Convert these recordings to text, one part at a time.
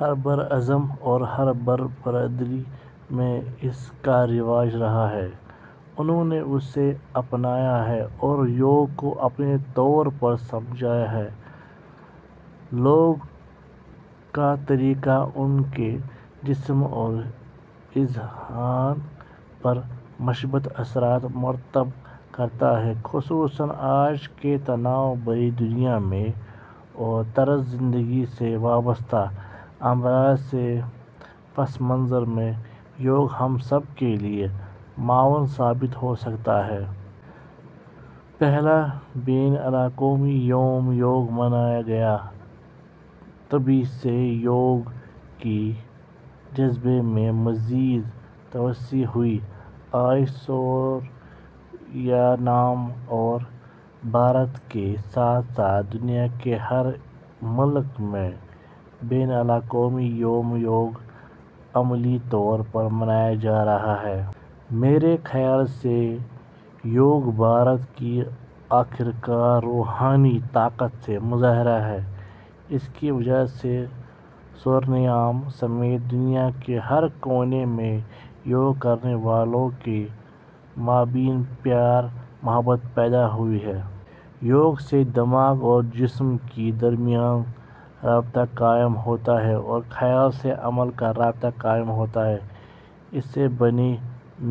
ہر براعظم اور ہر برادری میں اس کا رواج رہا ہے، انھوں نے اسے اپنایا ہے اور یوگ کو اپنے طور پر سمجھا ہے۔ یوگ کا طریقہ ان کے جسم اور اذہان پر مثبت اثرات مرتب کرتا ہے، خصوصاً آج کی تناؤ بھری دنیا میں اور طرزِ زندگی سے وابستہ امراض کے پس منظر میں یوگ ہم سب کے لیے معاون ثابت ہو سکتا ہے۔ پہلا بین الاقوامی یومِ یوگ منایا گیا، تبھی سے یوگ کے جذبے میں مزید توسیع ہوئی۔ آج سورینام اور بھارت کے ساتھ ساتھ دنیا کے ہر ملک میں بین الاقوامی یومِ یوگ عملی طور پر منایا جا رہا ہے۔ میرے خیال سے یوگ بھارت کی آخرکار روحانی طاقت کا مظاہرہ ہے۔ اس کی وجہ سے سورینام سمیت دنیا کے ہر کونے میں یوگ کرنے والوں کے مابین پیار محبت پیدا ہوا ہے۔ یوگ سے دماغ اور جسم کے درمیان ربط قائم ہوتا ہے اور خیال سے عمل کا رابطہ قائم ہوتا ہے۔ اس سے بنی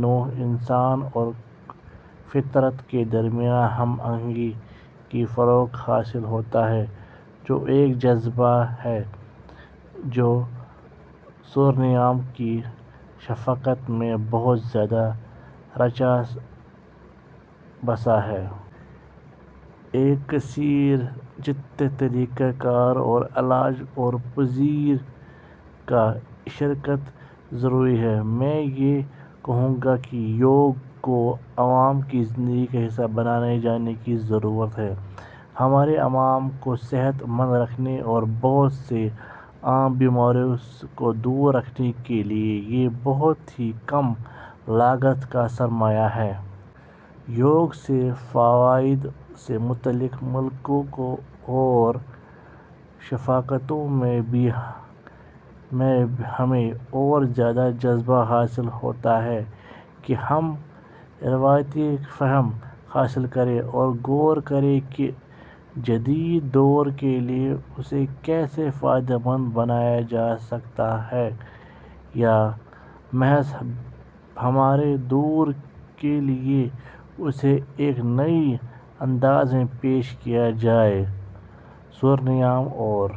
نوع انسان اور فطرت کے درمیان ہم آہنگی کو فروغ حاصل ہوتا ہے، جو ایک جذبہ ہے جو سورینام کی ثقافت میں بہت زیادہ رچا بسا ہے۔ ایک کثیر جہتی طریقۂ کار اور علاج اور پرہیز کا اشتراک ضروری ہے۔ میں یہ کہوں گا کہ یوگ کو عوام کی زندگی کا حصہ بنائے جانے کی ضرورت ہے۔ ہمارے عوام کو صحت مند رکھنے اور بہت سی عام بیماریوں کو دور رکھنے کے لیے یہ بہت ہی کم لاگت کا سرمایہ ہے۔ یوگ کے فوائد سے مختلف ملکوں اور ثقافتوں میں ہمیں اور زیادہ جذبہ حاصل ہوتا ہے کہ ہم روایتی فہم حاصل کریں اور غور کریں کہ جدید دور کے لیے اسے کیسے فائدے مند بنایا جا سکتا ہے، یا محض ہمارے دور کے لیے اسے ایک نئے انداز میں پیش کیا جائے۔ سورینام اور